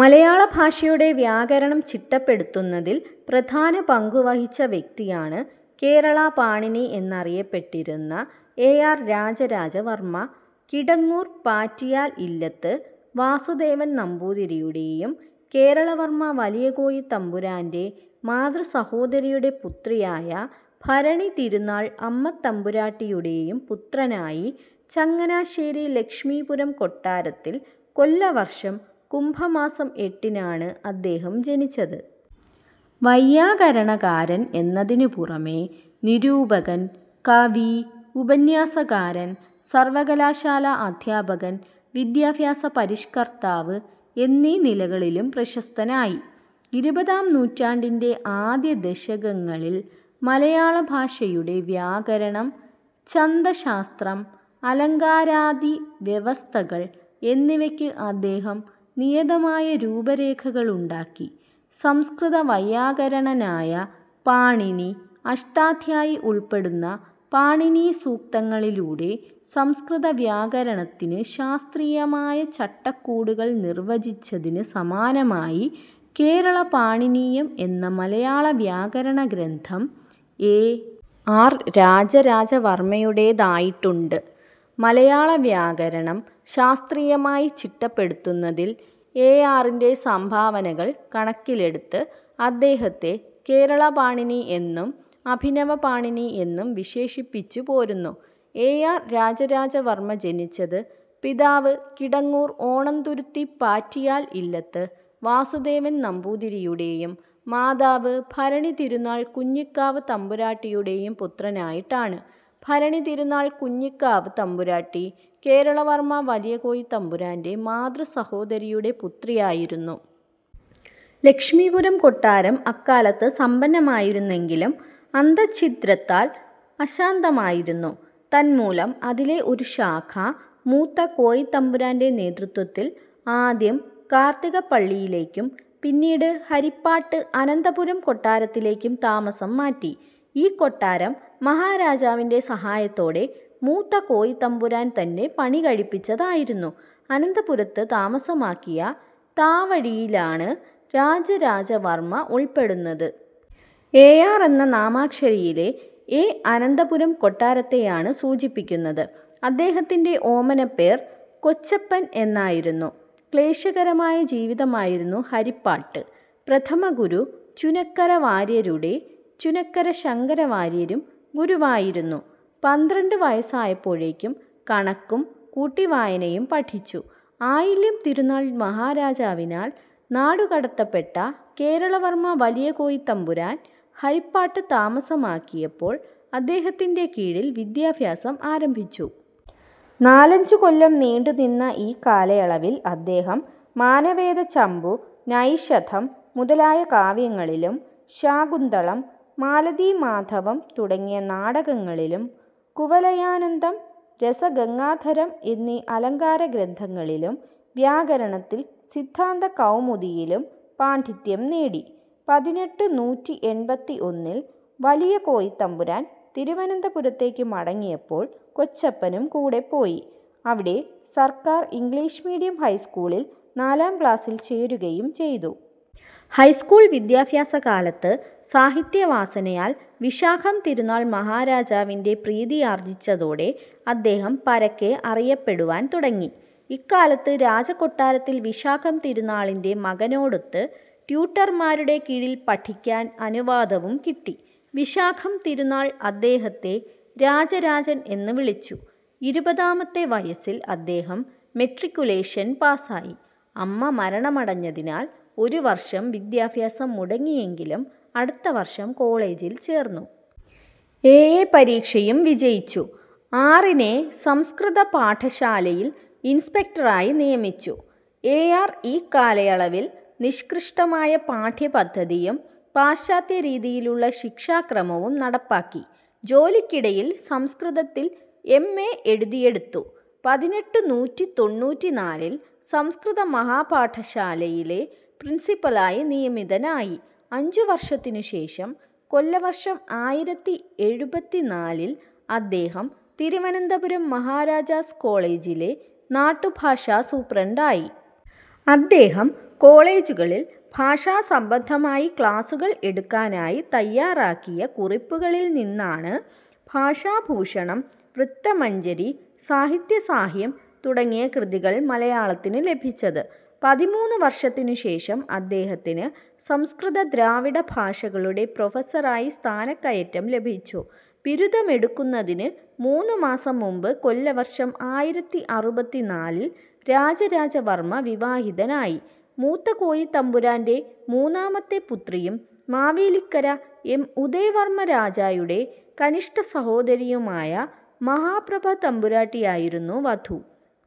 മലയാള ഭാഷയുടെ വ്യാകരണം ചിട്ടപ്പെടുത്തുന്നതിൽ പ്രധാന പങ്കുവഹിച്ച വ്യക്തിയാണ് കേരള പാണിനി എന്ന് അറിയപ്പെട്ടിരുന്ന എ. ആർ. രാജരാജവർമ്മ കിടങ്ങൂർ പാറ്റിയാൽ ഇല്ലത്ത് വാസുദേവൻ നമ്പൂതിരിയുടേയും കേരളവർമ്മ വലിയ കോയിത്തമ്പുരാൻ്റെ മാതൃസഹോദരിയുടെ പുത്രിയായ ഭരണിതിരുനാൾ അമ്മത്തമ്പുരാട്ടിയുടേയും പുത്രനായി ചങ്ങനാശ്ശേരി ലക്ഷ്മീപുരം കൊട്ടാരത്തിൽ കൊല്ലവർഷം കുംഭമാസം എട്ടിനാണ് അദ്ദേഹം ജനിച്ചത്. വൈയാകരണകാരൻ എന്നതിനുപുറമേ, നിരൂപകൻ, കവി, ഉപന്യാസകാരൻ, സർവകലാശാലാ അധ്യാപകൻ, വിദ്യാഭ്യാസ പരിഷ്കർത്താവ് എന്നീ നിലകളിലും പ്രശസ്തനായി. ഇരുപതാം നൂറ്റാണ്ടിൻ്റെ ആദ്യദശകങ്ങളിൽ മലയാളഭാഷയുടെ വ്യാകരണം, ഛന്ദശാസ്ത്രം, അലങ്കാരാദിവ്യവസ്ഥകൾ എന്നിവയ്ക്ക് അദ്ദേഹം നിയതമായ രൂപരേഖകളുണ്ടാക്കി. സംസ്കൃതവൈയാകരണനായ പാണിനി അഷ്ടാധ്യായി ഉൾപ്പെടുന്ന പാണിനീസൂക്തങ്ങളിലൂടെ സംസ്കൃതവ്യാകരണത്തിന് ശാസ്ത്രീയമായ ചട്ടക്കൂടുകൾ നിർവചിച്ചതിന് സമാനമായി കേരളപാണിനീയം എന്ന മലയാളവ്യാകരണ ഗ്രന്ഥം എ. ആർ. രാജരാജവർമ്മയുടേതായിട്ടുണ്ട്. മലയാളവ്യാകരണം ശാസ്ത്രീയമായി ചിട്ടപ്പെടുത്തുന്നതിൽ എ. ആറിൻ്റെ സംഭാവനകൾ കണക്കിലെടുത്ത് അദ്ദേഹത്തെ കേരളപാണിനി എന്നും അഭിനവപാണിനി എന്നും വിശേഷിപ്പിച്ചുപോരുന്നു.എ. ആർ. രാജരാജവർമ്മ ജനിച്ചത് പിതാവ് കിടങ്ങൂർ ഓണന്തുരുത്തി പാറ്റിയാൽ ഇല്ലത്ത് വാസുദേവൻ നമ്പൂതിരിയുടെയും മാതാവ് ഭരണിതിരുനാൾ കുഞ്ഞിക്കാവ് തമ്പുരാട്ടിയുടെയും പുത്രനായിട്ടാണ്. ഭരണിതിരുനാൾ കുഞ്ഞിക്കാവ് തമ്പുരാട്ടി കേരളവർമ്മ വലിയ കോയിത്തമ്പുരാൻ്റെ മാതൃസഹോദരിയുടെ പുത്രിയായിരുന്നു. ലക്ഷ്മീപുരം കൊട്ടാരം അക്കാലത്ത് സമ്പന്നമായിരുന്നെങ്കിലും അന്തഃച്ഛിദ്രത്താൽ അശാന്തമായിരുന്നു. തന്മൂലം അതിലെ ഒരു ശാഖ മൂത്ത കോയിത്തമ്പുരാൻ്റെ നേതൃത്വത്തിൽ ആദ്യം കാർത്തികപ്പള്ളിയിലേക്കും പിന്നീട് ഹരിപ്പാട്ട് അനന്തപുരം കൊട്ടാരത്തിലേക്കും താമസം മാറ്റി. ഈ കൊട്ടാരം മഹാരാജാവിൻ്റെ സഹായത്തോടെ മൂത്ത കോയിത്തമ്പുരാൻ തന്നെ പണി കഴിപ്പിച്ചതായിരുന്നു. അനന്തപുരത്ത് താമസമാക്കിയ താവഴിയിലാണ് രാജരാജവർമ്മ ഉൾപ്പെടുന്നത്. എ. ആർ. എന്ന നാമാക്ഷരിയിലെ എ അനന്തപുരം കൊട്ടാരത്തെയാണ് സൂചിപ്പിക്കുന്നത്. അദ്ദേഹത്തിൻ്റെ ഓമനപ്പേർ കൊച്ചപ്പൻ എന്നായിരുന്നു. ക്ലേശകരമായ ജീവിതമായിരുന്നു ഹരിപ്പാട്ട്. പ്രഥമഗുരു ചുനക്കര വാര്യരുടെ. ചുനക്കര ശങ്കരവാര്യരും ഗുരുവായിരുന്നു. പന്ത്രണ്ട് വയസ്സായപ്പോഴേക്കും കണക്കും കൂട്ടിവായനയും പഠിച്ചു. ആയില്യം തിരുനാൾ മഹാരാജാവിനാൽ നാടുകടത്തപ്പെട്ട കേരളവർമ്മ വലിയ കോയിത്തമ്പുരാൻ ഹരിപ്പാട്ട് താമസമാക്കിയപ്പോൾ അദ്ദേഹത്തിൻ്റെ കീഴിൽ വിദ്യാഭ്യാസം ആരംഭിച്ചു. നാലഞ്ചുകൊല്ലം നീണ്ടുനിന്ന ഈ കാലയളവിൽ അദ്ദേഹം മാനവേദചമ്പു, നൈഷധം മുതലായ കാവ്യങ്ങളിലും ശാകുന്തളം, മാലതീമാധവം തുടങ്ങിയ നാടകങ്ങളിലും കുവലയാനന്ദം, രസഗംഗാധരം എന്നീ അലങ്കാരഗ്രന്ഥങ്ങളിലും വ്യാകരണത്തിൽ സിദ്ധാന്തകൗമുദിയിലും പാണ്ഡിത്യം നേടി. പതിനെട്ടുനൂറ്റി എൺപത്തിയൊന്നിൽ വലിയ കോയിത്തമ്പുരാൻ തിരുവനന്തപുരത്തേക്ക് മടങ്ങിയപ്പോൾ കൊച്ചപ്പനും കൂടെ പോയി. അവിടെ സർക്കാർ ഇംഗ്ലീഷ് മീഡിയം ഹൈസ്കൂളിൽ നാലാം ക്ലാസിൽ ചേരുകയും ചെയ്തു. ഹൈസ്കൂൾ വിദ്യാഭ്യാസകാലത്ത് സാഹിത്യവാസനയാൽ വിശാഖം തിരുനാൾ മഹാരാജാവിൻ്റെ പ്രീതിയാർജിച്ചതോടെ അദ്ദേഹം പരക്കെ അറിയപ്പെടുവാൻ തുടങ്ങി. ഇക്കാലത്ത് രാജകൊട്ടാരത്തിൽ വിശാഖം തിരുനാളിൻ്റെ മകനോടൊത്ത് ട്യൂട്ടർമാരുടെ കീഴിൽ പഠിക്കാൻ അനുവാദവും കിട്ടി. വിശാഖം തിരുനാൾ അദ്ദേഹത്തെ രാജരാജൻ എന്ന് വിളിച്ചു. ഇരുപതാമത്തെ വയസ്സിൽ അദ്ദേഹം മെട്രിക്കുലേഷൻ പാസായി. അമ്മ മരണമടഞ്ഞതിനാൽ ഒരുവർഷം വിദ്യാഭ്യാസം മുടങ്ങിയെങ്കിലും അടുത്തവർഷം കോളേജിൽ ചേർന്നു. എ. എ. പരീക്ഷയും വിജയിച്ചു. ആറിനെ സംസ്കൃത പാഠശാലയിൽ ഇൻസ്പെക്ടറായി നിയമിച്ചു. എ. ആർ. ഈ കാലയളവിൽ നിഷ്കൃഷ്ടമായ പാഠ്യപദ്ധതിയും പാശ്ചാത്യരീതിയിലുള്ള ശിക്ഷാക്രമവും നടപ്പാക്കി. ജോലിക്കിടയിൽ സംസ്കൃതത്തിൽ എം. എ. എഴുതിയെടുത്തു. പതിനെട്ടുനൂറ്റി തൊണ്ണൂറ്റിനാലിൽ സംസ്കൃത മഹാപാഠശാലയിലെ പ്രിൻസിപ്പലായി നിയമിതനായി. അഞ്ചുവർഷത്തിനുശേഷം, കൊല്ലവർഷം ആയിരത്തി എഴുപത്തിനാലിൽ അദ്ദേഹം തിരുവനന്തപുരം മഹാരാജാസ് കോളേജിലെ നാട്ടുഭാഷാ സൂപ്രണ്ടായി. അദ്ദേഹം കോളേജുകളിൽ ഭാഷാസംബന്ധമായി ക്ലാസുകൾ എടുക്കാനായി തയ്യാറാക്കിയ കുറിപ്പുകളിൽ നിന്നാണ് ഭാഷാഭൂഷണം, വൃത്തമഞ്ജരി, സാഹിത്യസാഹ്യം തുടങ്ങിയ കൃതികൾ മലയാളത്തിന് ലഭിച്ചത്. പതിമൂന്ന് വർഷത്തിനുശേഷം അദ്ദേഹത്തിന് സംസ്കൃത ദ്രാവിഡ ഭാഷകളുടെ പ്രൊഫസറായി സ്ഥാനക്കയറ്റം ലഭിച്ചു. ബിരുദമെടുക്കുന്നതിന് മൂന്നുമാസം മുമ്പ് കൊല്ലവർഷം ആയിരത്തി അറുപത്തിനാലിൽ രാജരാജവർമ്മ വിവാഹിതനായി. മൂത്ത കോയിത്തമ്പുരാൻ്റെ മൂന്നാമത്തെ പുത്രിയും മാവേലിക്കര എം. ഉദയവർമ്മരാജായുടെ കനിഷ്ഠസഹോദരിയുമായ മഹാപ്രഭ തമ്പുരാട്ടിയായിരുന്നു വധു.